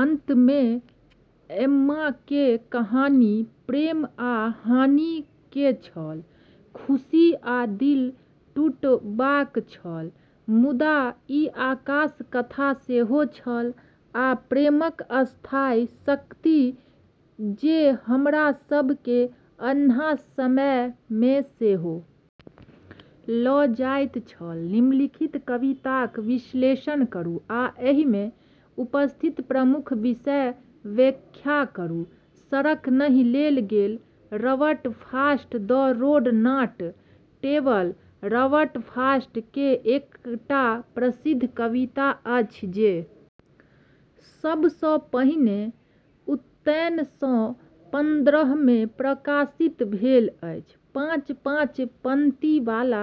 अंत मे एम्मा केर कहानी प्रेम आ हानि केर छल खुशी आ दिल टूटबाक छल मुदा ई आशाक कथा सेहो छल आ प्रेमक स्थायी शक्तिक जे हमरा सभ केँ अन्हार समय मे सेहो लऽ जाइत छल निम्नलिखित कविताक विश्लेषण करू आ एहि मे उपस्थित प्रमुख विषयक व्याख्या करू सड़क नहि लेल गेल Robert Frost the road not taken Robert Frost केर एकटा प्रसिद्ध कविता अछि जे सब सँ पहिने उन्नैस सए पन्द्रहमे प्रकाशित भेल छल पाँच-पाँच पंक्ति वाला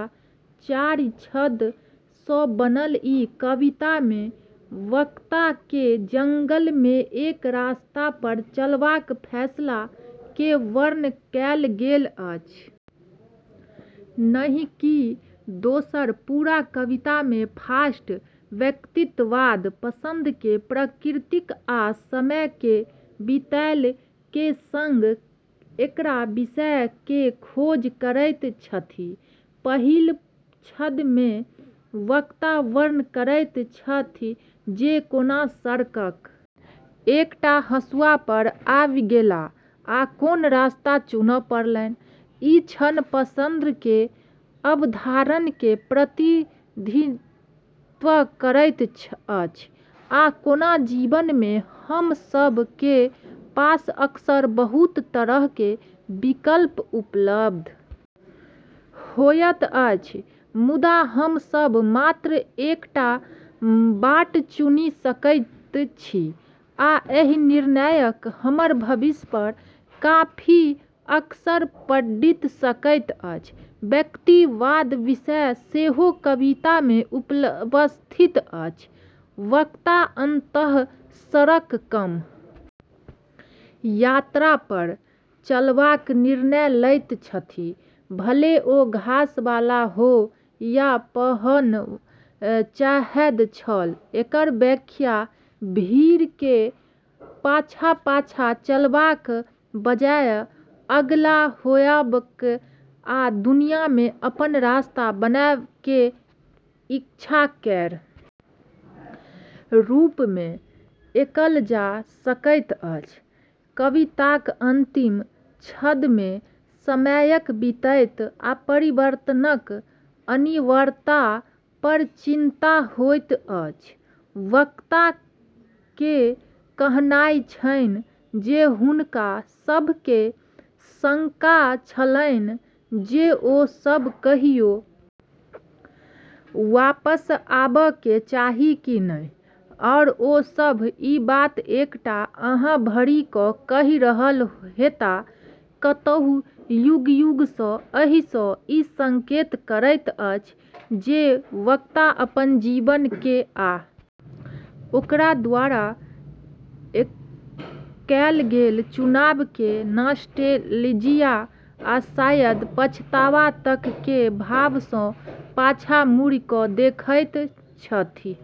चारि छंद सँ बनल ई कविता मे वक्ता केर जंगल मे एक रास्ता पर चलबाक फैसला केर वर्णन कएल गेल अछि नहि कि दोसर पूरा कविता मे फ्रॉस्ट व्यक्तिवाद पसंद केर प्रकृति आ समय केर बीतला केर संग कएक विषय केर खोज करैत छथि पहिल छंद मे वक्ता वर्णन करैत छथि जे कोना सड़कक एकटा हँसुआ पर आबि गेलाह आ कोन रस्ता चुनब पड़लनि ई क्षण पसंद केर अवधारणा केर प्रतिनिधित्व करैत अछि आ कोना जीवन मे हमरा सभ केर पास अक्सर बहुत तरह केर विकल्प उपलब्ध होइत अछि मुदा हम सभ मात्र एकटा बाट चुनि सकैत छी आ एहि निर्णयक हमर भविष्य पर काफी असर पड़ि सकैत अछि व्यक्तिवादक विषय सेहो कविता मे उपस्थित अछि वक्ता अंततः सड़क कम यात्रा पर चलबाक निर्णय लैत छथि भले ओ घास वाला हो आ पहनब चाहैत छल एकर व्याख्या भीड़ केर पाछाँ-पाछाँ चलबाक बजाय अलग होयबाक आ दुनिया मे अपन रास्ता बनाबै केर इच्छा केर रूप मे कएल जा सकैत अछि कविताक अंतिम छंद मे समयक बीतैत आ परिवर्तनक अनिवार्यता पर चिंतन होइत अछि वक्ता केर कहनाइ छन्हि जे हुनका सभ केँ शंका छलन्हि जे ओ सभ कहियो वापस आबय के चाही कि नहि आओर ओ सभ ई बात एकटा आह भरि कऽ कहि रहल हेताह कतहु युग-युग सँ एहि सँ ई संकेत करैत अछि जे वक्ता अपन जीवन केँ आ ओकरा द्वारा कएल गेल चुनाव केँ नॉस्टेलजिया आ शायद पछतावा तक केर भाव सँ पाछाँ मुड़ि कऽ देखैत छथि